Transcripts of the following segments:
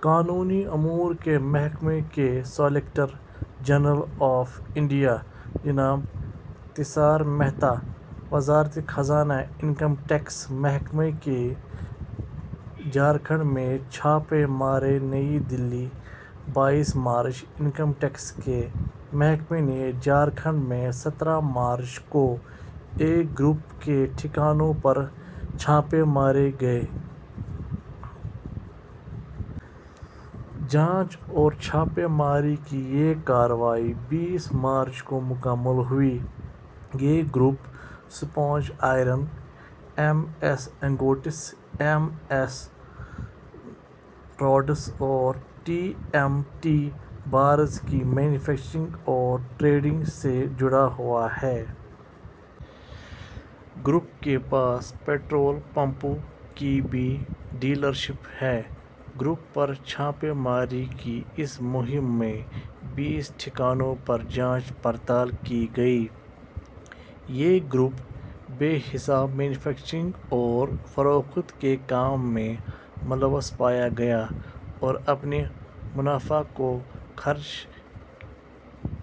قانونی امور کے محکمے کے سالیسیٹر جنرل آف انڈیا، جناب تشار مہتا،. وزارت خزانہ انکم ٹیکس محکمہ کی جھارکھنڈ میں چھاپے ماری نئی دہلی، بائیس مارچ۔ انکم ٹیکس کے محکمہ نے جھارکھنڈ میں سترہ مارچ کو ایک گروپ کے ٹھکانوں پر چھاپے ماری کی۔ جانچ اور چھاپے ماری کی یہ کارروائی بیس مارچ کو مکمل ہوئی۔ یہ group sponge iron, M S ingots, M S rods اور ٹی ایم ٹی بارس کی مینوفیکچرنگ اور ٹرینڈنگ سے جڑا ہوا ہے۔ گروپ کے پاس پٹرول پمپوں کی بھی ڈیلرشپ ہے۔ گروپ پر چھاپے ماری کی اس مہم میں بیس ٹھکانوں پر جانچ پڑتال کی گئی۔ یہ گروپ بے حساب مینوفیکچرنگ اور فروخت کے کام میں ملوث پایا گیا ہے اور اپنے منافع کو خرچ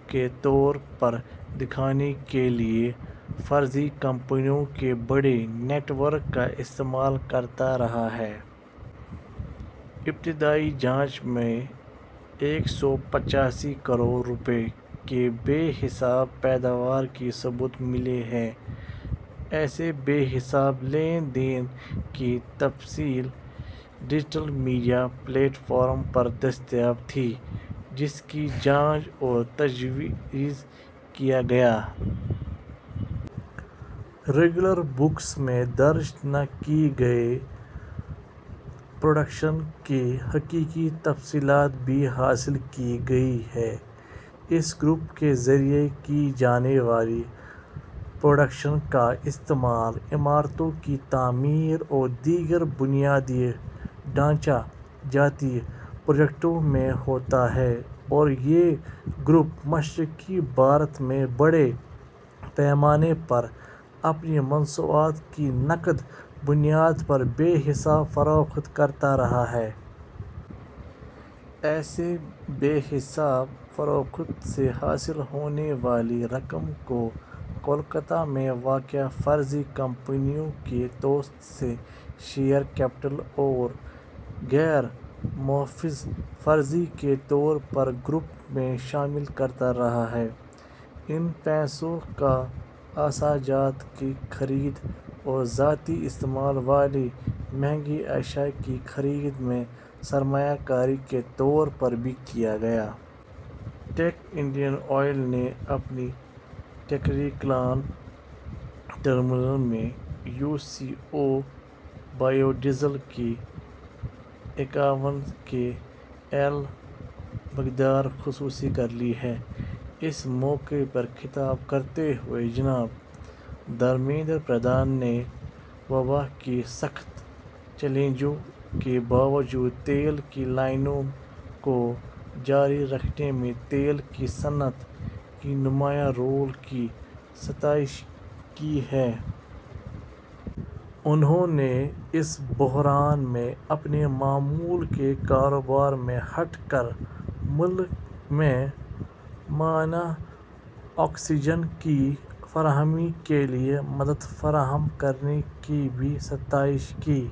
کے طور پر دکھانے کے لئے فرضی کمپنیوں کے بڑے نیٹ ورک کا استعمال کرتا رہا ہے۔ ابتدائی جانچ میں ایک سو پچاسی کروڑ روپئے کے بے حساب پیداوار کے ثبوت ملے ہیں۔ ایسے بے حساب لین دین کی تفصیل ڈیجیٹل میڈیا پلیٹ فارم پر دستیاب تھی، جس کی جانچ اور تجزیہ کیا گیا۔ ریگولر بکس میں درج نہ کئے گئے پروڈکشن کی حقیقی تفصیلات بھی حاصل کی گئی ہیں۔ اس گروپ کے ذریعے کئے جانے والے پروڈکشن کا استعمال عمارتوں کی تعمیر اور دیگر بنیادی ڈھانچہ جاتی پروجیکٹوں میں ہوتا ہے اور یہ گروپ مشرقی بھارت میں بڑے پیمانے پر اپنی مصنوعات کی نقد بنیاد پر بے حساب فروخت کرتا رہا ہے۔ ایسی بے حساب فروخت سے حاصل ہونے والی رقم کو کولکاتہ میں واقع فرضی کمپنیوں کے توسط سے شیئر کیپٹل اور غیرمحفوظ قرض کے طور پر گروپ میں شامل کرتا رہا ہے۔ ان پیسوں کا اثاثہ جات کی خرید اور ذاتی استعمال والی مہنگی اشیاء کی خرید میں سرمایہ کاری کے طور پر بھی کیا گیا۔ تک انڈین آئل نے اپنے ٹیکری کلاں ٹرمینل میں U C O –biodiesel کی اکیاون کے ایل مقدار حصول کرلی ہے۔ اس موقع پر خطاب کرتے ہوئے جناب دھرمیندر پردھان نے، وباء کے سخت چیلنجوں کے باوجود تیل کی لائنوں کو جاری رکھنے میں تیل کی صنعت کے نمایاں رول کی ستائش کی ہے۔ انھوں نے اس بحران میں، اپنے معمول کے کاروبار سے ہٹ کر، ملک میں مانع آکسیجن کی فراہمی کے لئے مدد فراہم کرنے کی بھی ستائش کی۔